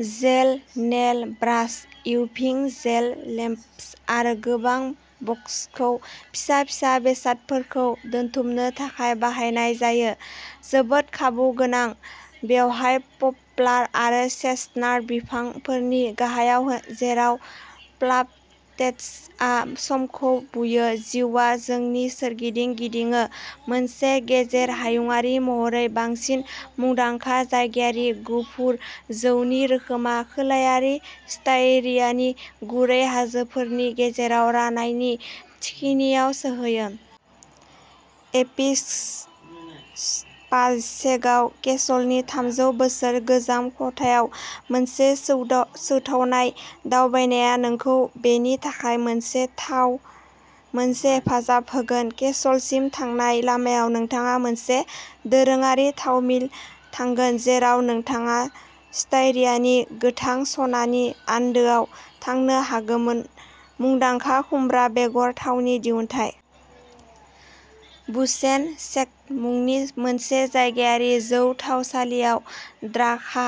जेल, nail brush, UV gel lamps आरो गोबां बक्सखौ फिसा फिसा बेसादफोरखौ दोनथुमनो थाखाय बाहायनाय जायो, जोबोद खाबुगोनां बेवहाय, पप्लार आरो चेस्टनाट बिफांफोरनि गाहायाव, जेराव क्लाप'टेट्जआ समखौ बुयो, जिउआ जौनि सोरगिदिं गिदिङो। मोनसे गेजेर हायुङारि महरै बांसिन मुंदांखा जायगायारि गुफुर जौनि रोखोमआ खोलायारि स्टायरियानि गुरै हाजोफोरनि गेजेराव रानायनि थिखिनियाव सौहैयो। एपिस्क'पाल सेगाउ केसलनि थामजौ बोसोर गोजाम खथायाव मोनसे जौथावनाय दावबायनाया नोंखौ बेनि थाखाय मोनसे थाव मोननो हेफाजाब होगोन। केसलसिम थांनाय लामायाव नोंथाङा मोनसे दोरोङारि थावमिलआव थांगोन जेराव नोंथाङा स्टायरियानि गोथां सना नि आन्दोआव थांनो हागोनमुंदांखा खुमब्रा बेगर थावनि दिहुनथाय। बुशेनशेन्क मुंनि मोनसे जायगायारि जौ थावसालिआव द्राखा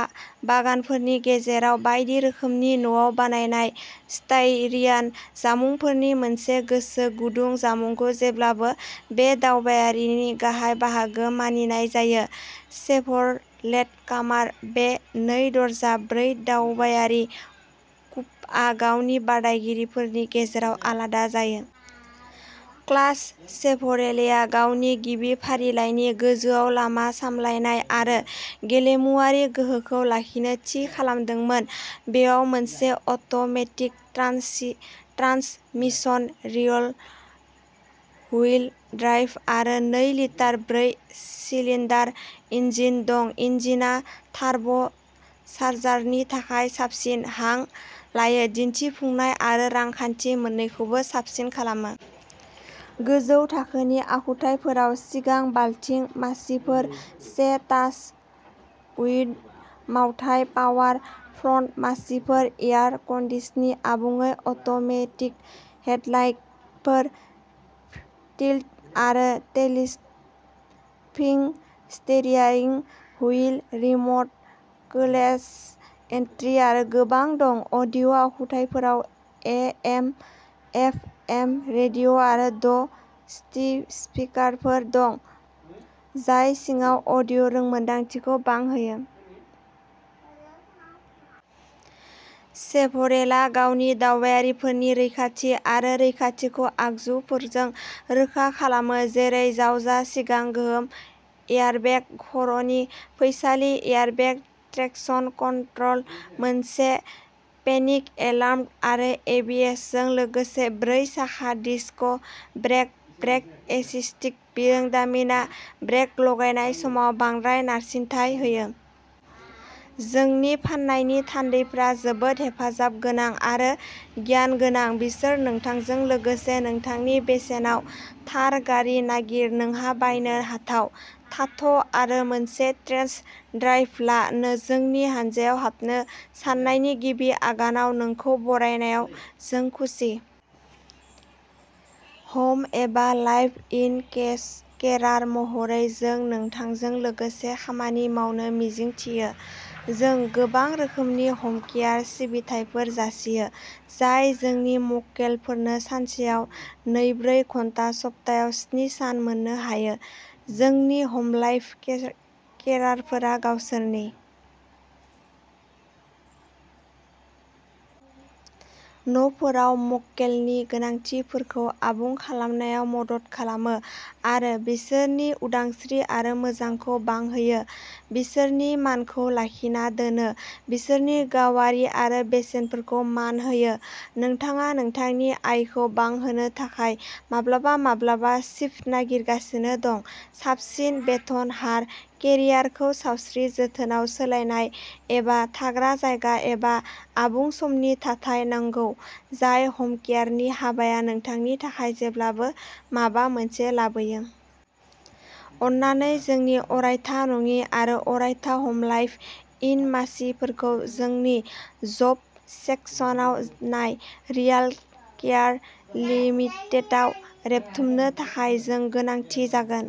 बागानफोरनि गेजेराव बायदि रोखोमनि न'आव बानायनाय स्टायरियान जामुंफोरनि मोनसे गोसो गुदुं जामुंखौ जेब्लाबो बे दावबायनायनि गाहाय बाहागो मानिनाय जायो। शेभरलेट कामार'। बे नै दरजा, ब्रै दावबायारि कुपआ गावनि बादायगिरिफोरनि गेजेराव आलादा जायो। क्लास शेभरलेया गावनि गिबि फारिलाइनि गोजौआव लामा सामलायनाय आरो गेलेमुआरि गोहोखौ लाखिनो थि खालामदोंमोन। बेयाव मोनसे अट'मेटिक ट्रान्समिसन, रियरहुइल ड्राइभ आरो नै लिटार ब्रै सिलिन्डार इन्जिन दं। इन्जिनआ टार्ब' चार्जारनि थाखाय साबसिन हां लायो, दिन्थिफुंनाय आरो रांखान्थि मोननैखौबो साबसिन खालामो। गोजौ थाखोनि आखुथायफोराव सिगां बालति मासिफोर, से टाच उइन्ड' मावथाय, पावार फ्रन्ट मासिफोर, एयार कन्दिसनिं, आबुङै अट'मेटिक हेडलाइटफोर, टिल्ट आरो telescoping steering wheel, remote keyless entry आरो गोबां दं। अडिय' आखुथायफोराव ए एम एफ एम रेडिय'आरो द’ स्पिकारफोर दं, जाय सिङाव अडिय' रोंमोन्दांथिखौ बांहोयो। शेभरलेआ गावनि दावबायारिफोरनि रैखाथि आरो रैखाथिखौ आगजुफोरजों रोखा खालामो जेरै जावजा सिगां गोहोम एयारबेग, खर'नि फैसालि एयारबेग, ट्रेक्शन कन्ट्रल, मोनसे पेनिक एलार्म आरो एबिएसजों लोगोसे ब्रै साखा डिस्क ब्रेक। ब्रेक एसिस्ट बिरोंदामिनआ ब्रेक लागायनाय समाव बांद्राय नारसिनथाय होयो। जोंनि फाननायनि थान्दैफोरा जोबोद हेफाजाबगोनां आरो गियान गोनां। बिसोर नोंथांजों लोगोसे नोंथांनि बेसेनाव थार गारि नागिर नोंहा बायनो हाथाव। थाथ' आरो मोनसे टेस्ट ड्राइभ ला जोंनि हानजायाव हाबनो साननायनि गिबि आगानाव नोंखौ बरायनायाव जों खुसि। हम एबा लाइभ इन केरार महरै, जों नोंथांजों लोगोसे खामानि मावनो मिजिंथियो जों गोबां रोखोमनि हमकेयार सिबिथाइफोर जासियो, जाय जोंनि मक्केलफोरनो सानसेयाव नैब्रै घन्टा, सप्तायाव स्नि सान मोननो हायो। जोंनि हमलाइभ केरारफोरा गावसोरनि न'फोराव मक्केलनि गोनांथिफोरखौ आबुं खालामनायाव मदद खालामो आरो बिसोरनि उदांस्रि आरो मोजांखौ बांहोयो, बिसोरनि मानखौ लाखिना दोनो, बिसोरनि गावारि आरो बेसेनफोरखौ मान होयो, नोंथाङा नोंथांनि आयखौ बांहोनो थाखाय माब्लाबा माब्लाबा सिफ्ट नागिरगासिनो दं, साबसिन बेथन हार, केरियारखौ सावस्रि जोथोनआव सोलायनाय एबा थाग्रा जायगा एबा आबुं समनि थाथाय नांगौ, जाय हमकेयारनि हाबाया नोंथांनि थाखाय जेब्लाबो माबा मोनसे लाबोयो। अननानै जोंनि अरायथा नङि आरो अरायथा हमलाइभ इन मासिफोरखौ जोंनि जब सेक्सनाव नाय। रियालकेयार लिमिटेडआव रेबथुमनो थाखाय जों गोनांथि जागोन।